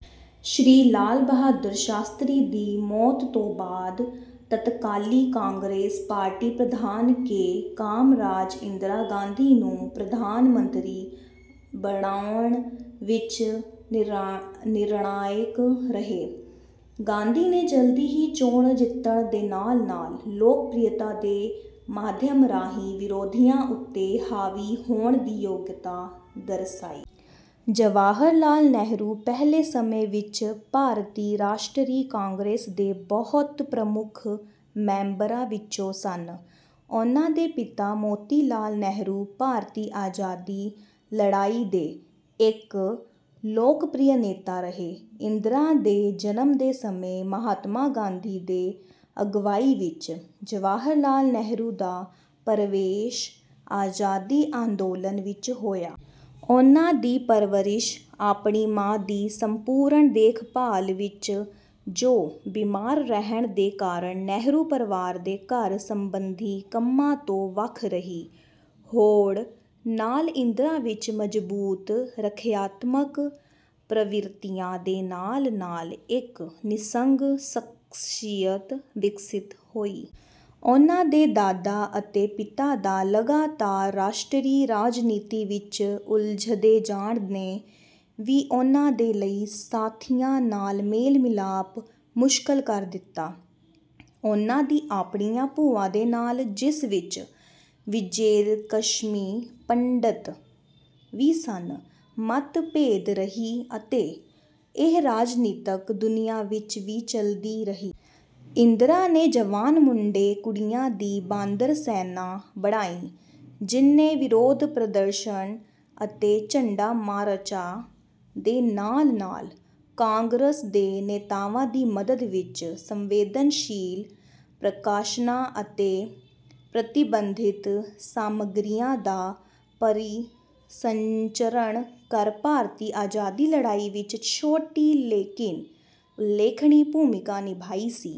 ਸ਼੍ਰੀ ਲਾਲ ਬਹਾਦੁਰ ਸ਼ਾਸਤਰੀ ਦੀ ਮੌਤ ਤੋੋਂ ਬਾਅਦ ਤਤਕਾਲੀ ਕਾਂਗਰਸ ਪਾਰਟੀ ਪ੍ਰਧਾਨ ਕੇ. ਕਾਮਰਾਜ ਇੰਦਰਾ ਗਾਂਧੀ ਨੂੰ ਪ੍ਰਧਾਨ ਮੰਤਰੀ ਬਣਾਉਣ ਵਿੱਚ ਨਿਰਣਾਇਕ ਰਹੇ। ਗਾਂਧੀ ਨੇ ਜਲਦੀ ਹੀ ਚੋਣ ਜਿੱਤਣ ਦੇ ਨਾਲ-ਨਾਲ ਲੋਕਪ੍ਰਿਅਤਾ ਦੇ ਮਾਧਿਅਮ ਰਾਹੀਂ ਵਿਰੋਧੀਆਂ ਉੱਤੇ ਹਾਵੀ ਹੋਣ ਦੀ ਯੋਗਤਾ ਦਰਸਾਈ। ਜਵਾਹਰ ਲਾਲ ਨਹਿਰੂ ਪਹਿਲੇ ਸਮੇਂ ਵਿੱਚ ਭਾਰਤੀ ਰਾਸ਼ਟਰੀ ਕਾਂਗਰਸ ਦੇ ਬਹੁਤ ਪ੍ਰਮੁੱਖ ਮੈਬਰਾਂ ਵਿੱਚੋਂ ਸਨ। ਉਨ੍ਹਾਂ ਦੇ ਪਿਤਾ ਮੋਤੀਲਾਲ ਨਹਿਰੂ ਭਾਰਤੀ ਆਜ਼ਾਦੀ ਲੜਾਈ ਦੇ ਇੱਕ ਲੋਕਪ੍ਰਿਯ ਨੇਤਾ ਰਹੇ। ਇੰਦਰਾ ਦੇ ਜਨਮ ਦੇ ਸਮੇਂ ਮਹਾਤਮਾ ਗਾਂਧੀ ਦੇ ਅਗਵਾਈ ਵਿੱਚ ਜਵਾਹਿਰਲਾਲ ਨਹਿਰੂ ਦਾ ਪਰਵੇਸ਼ ਆਜ਼ਾਦੀ ਅੰਦੋਲਨ ਵਿੱਚ ਹੋਇਆ। ਉਨ੍ਹਾਂ ਦੀ ਪਰਵਰਿਸ਼ ਆਪਣੀ ਮਾਂ ਦੀ ਸੰਪੂਰਣ ਦੇਖਭਾਲ ਵਿੱਚ, ਜੋ ਬੀਮਾਰ ਰਹਿਣ ਦੇ ਕਾਰਨ ਨਹਿਰੂ ਪਰਵਾਰ ਦੇ ਘਰ ਸੰਬੰਧੀ ਕੰਮਾਂ ਤੋਂ ਵੱਖ ਰਹੀ, ਹੋਣ ਨਾਲ ਇੰਦਰਾ ਵਿੱਚ ਮਜਬੂਤ ਰੱਖਿਆਤਮਕ ਪ੍ਰਵਿਰਤੀਆਂ ਦੇ ਨਾਲ ਨਾਲ ਇੱਕ ਨਿਸੰਗ ਸ਼ਖਸੀਅਤ ਵਿਕਸਿਤ ਹੋਈ। ਉਨ੍ਹਾਂ ਦੇ ਦਾਦਾ ਅਤੇ ਪਿਤਾ ਦਾ ਲਗਾਤਾਰ ਰਾਸ਼ਟਰੀ ਰਾਜਨੀਤੀ ਵਿੱਚ ਉਲਝਦੇ ਜਾਣ ਨੇ ਵੀ ਉਨ੍ਹਾਂ ਦੇ ਲਈ ਸਾਥੀਆਂ ਨਾਲ ਮੇਲ-ਮਿਲਾਪ ਮੁਸ਼ਕਲ ਕਰ ਦਿੱਤਾ। ਉਨ੍ਹਾਂ ਦੀ ਆਪਣੀਆਂ ਭੂਆਂ ਦੇ ਨਾਲ ਜਿਸ ਵਿੱਚ ਵਿਜੇਲਕਸ਼ਮੀ ਪੰਡਤ ਵੀ ਸਨ, ਮਤਭੇਦ ਰਹੀ ਅਤੇ ਇਹ ਰਾਜਨੀਤਕ ਦੁਨੀਆ ਵਿੱਚ ਵੀ ਚੱਲਦੀ ਰਹੀ। ਇੰਦਰਾ ਨੇ ਜਵਾਨ ਮੁੰਡੇ-ਕੁੜੀਆਂ ਦੀ ਬਾਂਦਰ ਸੈਨਾ ਬਣਾਈ, ਜਿਨ੍ਹੇ ਵਿਰੋਧ ਪ੍ਰਦਰਸ਼ਨ ਅਤੇ ਝੰਡਾ ਮਾਰਚਾਂ ਦੇ ਨਾਲ ਨਾਲ ਕਾਂਗਰਸ ਦੇ ਨੇਤਾਵਾਂ ਦੀ ਮਦਦ ਵਿੱਚ ਸੰਵੇਦਨਸ਼ੀਲ ਪ੍ਰਕਾਸ਼ਨਾਂ ਅਤੇ ਪ੍ਰਤੀਬੰਧਿਤ ਸਾਮਗਰੀਆਂ ਦਾ ਪਰਿਸੰਚਰਣ ਕਰ ਭਾਰਤੀ ਆਜ਼ਾਦੀ ਲੜਾਈ ਵਿੱਚ ਛੋਟੀ ਲੇਕਿਨ ਉਲੇਖਣੀ ਭੂਮਿਕਾ ਨਿਭਾਈ ਸੀ।